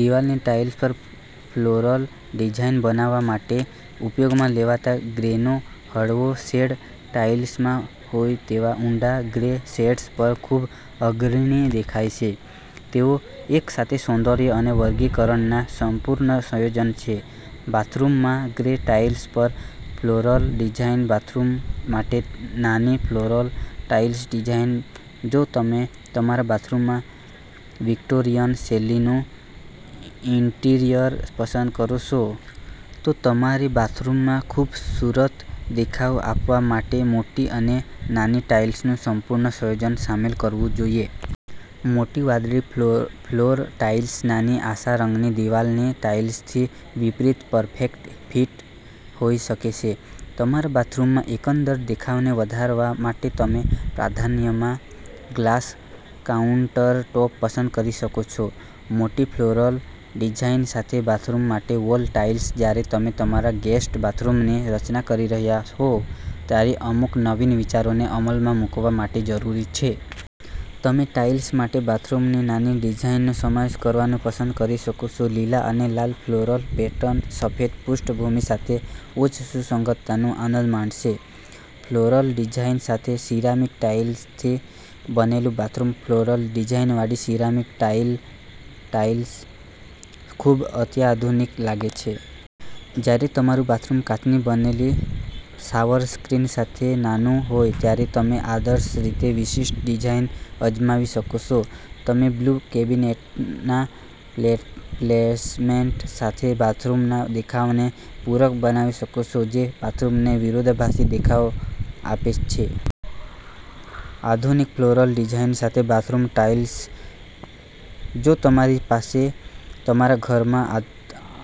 દિવાલની ટાઇલ્સ પર floral design બનાવવા માટે ઉપયોગમાં લેવાતા ગ્રેનો હળવો શેડ ટાઇલ્સમાં હોય તેવા ઊંડા ગ્રે શેડ્સ પર ખૂબ અગ્રણી દેખાય છે. તેઓ એકસાથે સૌંદર્ય અને વર્ગીકરણના સંપૂર્ણ સંયોજન છે. બાથરૂમમાં ગ્રે ટાઇલ્સ પર ફ્લોરલ ડિઝાઇન બાથરૂમ માટે નાની ફ્લોરલ ટાઇલ્સ ડિઝાઇન જો તમે તમારા બાથરૂમમાં વિક્ટોરિયન-શૈલીનું ઇન્ટિરિયર પસંદ કરો છો, તો તમારે બાથરૂમમાં ખૂબસૂરત દેખાવ આપવા માટે મોટી અને નાની ટાઇલ્સનું સંપૂર્ણ સંયોજન સામેલ કરવું જોઈએ. મોટી વાદળી ફ્લોર ટાઇલ્સ નાની આછા રંગની દિવાલની ટાઇલ્સથી વિપરીત પરફેક્ટ ફિટ હોઈ શકે છે. તમારા બાથરૂમના એકંદર દેખાવને વધારવા માટે તમે પ્રાધાન્યમાં ગ્લાસ કાઉન્ટરટૉપ પસંદ કરી શકો છો. મોટી ફ્લોરલ ડિઝાઇન સાથે બાથરૂમ માટે વોલ ટાઇલ્સ જ્યારે તમે તમારા ગેસ્ટ બાથરૂમની રચના કરી રહ્યા હો, ત્યારે અમુક નવીન વિચારોને અમલમાં મૂકવા માટે જરૂરી છે. તમે ટાઇલ્સ માટે બાથરૂમની નાની ડિઝાઇનનો સમાવેશ કરવાનું પસંદ કરી શકો છો. લીલા અને લાલ ફ્લોરલ પેટર્ન સફેદ પૃષ્ઠભૂમિ સાથે ઉચ્ચ સુસંગતતાનો આનંદ માણશે. ફ્લોરલ ડિઝાઇન સાથે સિરામિક ટાઇલ્સથી બનેલું બાથરૂમ ફ્લોરલ ડિઝાઇનવાળી સિરામિક ટાઇલ્સ ખૂબ અત્યાધુનિક લાગે છે. જ્યારે તમારું બાથરૂમ કાચની બનેલી શાવર સ્ક્રીન સાથે નાનું હોય, ત્યારે તમે આદર્શ રીતે વિશિષ્ટ ડિઝાઇન અજમાવી શકો છો. તમે બ્લુ કેબિનેટના પ્લેસમેન્ટ સાથે બાથરૂમના દેખાવને પૂરક બનાવી શકો છો, જે બાથરૂમને વિરોધાભાસી દેખાવ આપે છે. આધુનિક ફ્લોરલ ડિઝાઇન સાથે બાથરૂમ ટાઇલ્સ જો તમારી પાસે તમારા ઘરમાં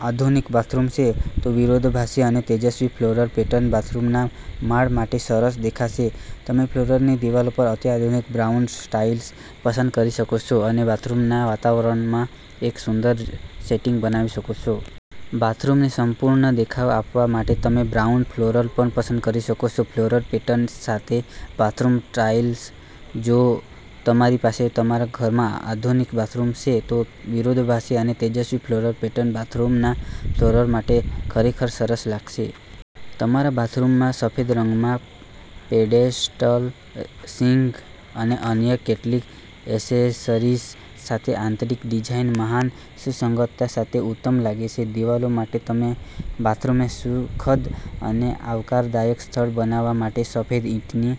આધુનિક બાથરૂમ છે, તો વિરોધાભાસી અને તેજસ્વી ફ્લોરલ પેટર્ન બાથરૂમના માળ માટે સરસ દેખાશે. તમે ફ્લોરની દિવાલો પર અત્યાધુનિક બ્રાઉન ટાઇલ્સ પસંદ કરી શકો છો અને બાથરૂમના વાતાવરણમાં એક સુંદર સેટિંગ બનાવી શકો છો. બાથરૂમને સંપૂર્ણ દેખાવ આપવા માટે તમે બ્રાઉન ફ્લોર પણ પસંદ કરી શકો છો. ફ્લોરલ પેટર્ન સાથે બાથરૂમ ટાઇલ્સ જો તમારી પાસે તમારા ઘરમાં આધુનિક બાથરૂમ છે, તો વિરોધાભાસી અને તેજસ્વી ફ્લોરલ પેટર્ન બાથરૂમના ફ્લોર માટે ખરેખર સરસ લાગશે. તમારા બાથરૂમમાં સફેદ રંગમાં પેડેસ્ટલ સિંક અને અન્ય કેટલીક એસેસરીઝ સાથે, આંતરિક ડિઝાઇન મહાન સુસંગતતા સાથે ઉત્તમ લાગે છે. દિવાલો માટે, તમે બાથરૂમને સુખદ અને આવકારદાયક સ્થળ બનાવવા માટે સફેદ-ઈંટની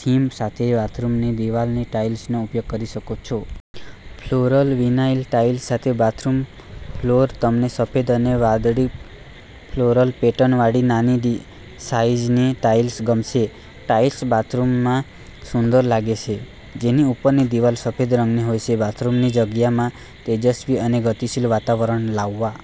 થીમ સાથે બાથરૂમની દિવાલની ટાઇલ્સનો ઉપયોગ કરી શકો છો. ફ્લોરલ વિનાઇલ ટાઇલ્સ સાથે બાથરૂમ ફ્લોર તમને સફેદ અને વાદળી ફ્લોરલ પેટર્નવાળી નાની સાઇઝની ટાઇલ્સ ગમશે. ટાઇલ્સ બાથરૂમમાં સુંદર લાગે છે, જેની ઉપરની દિવાલ સફેદ રંગની હોય છે. બાથરૂમની જગ્યામાં તેજસ્વી અને ગતિશીલ વાતાવરણ લાવવા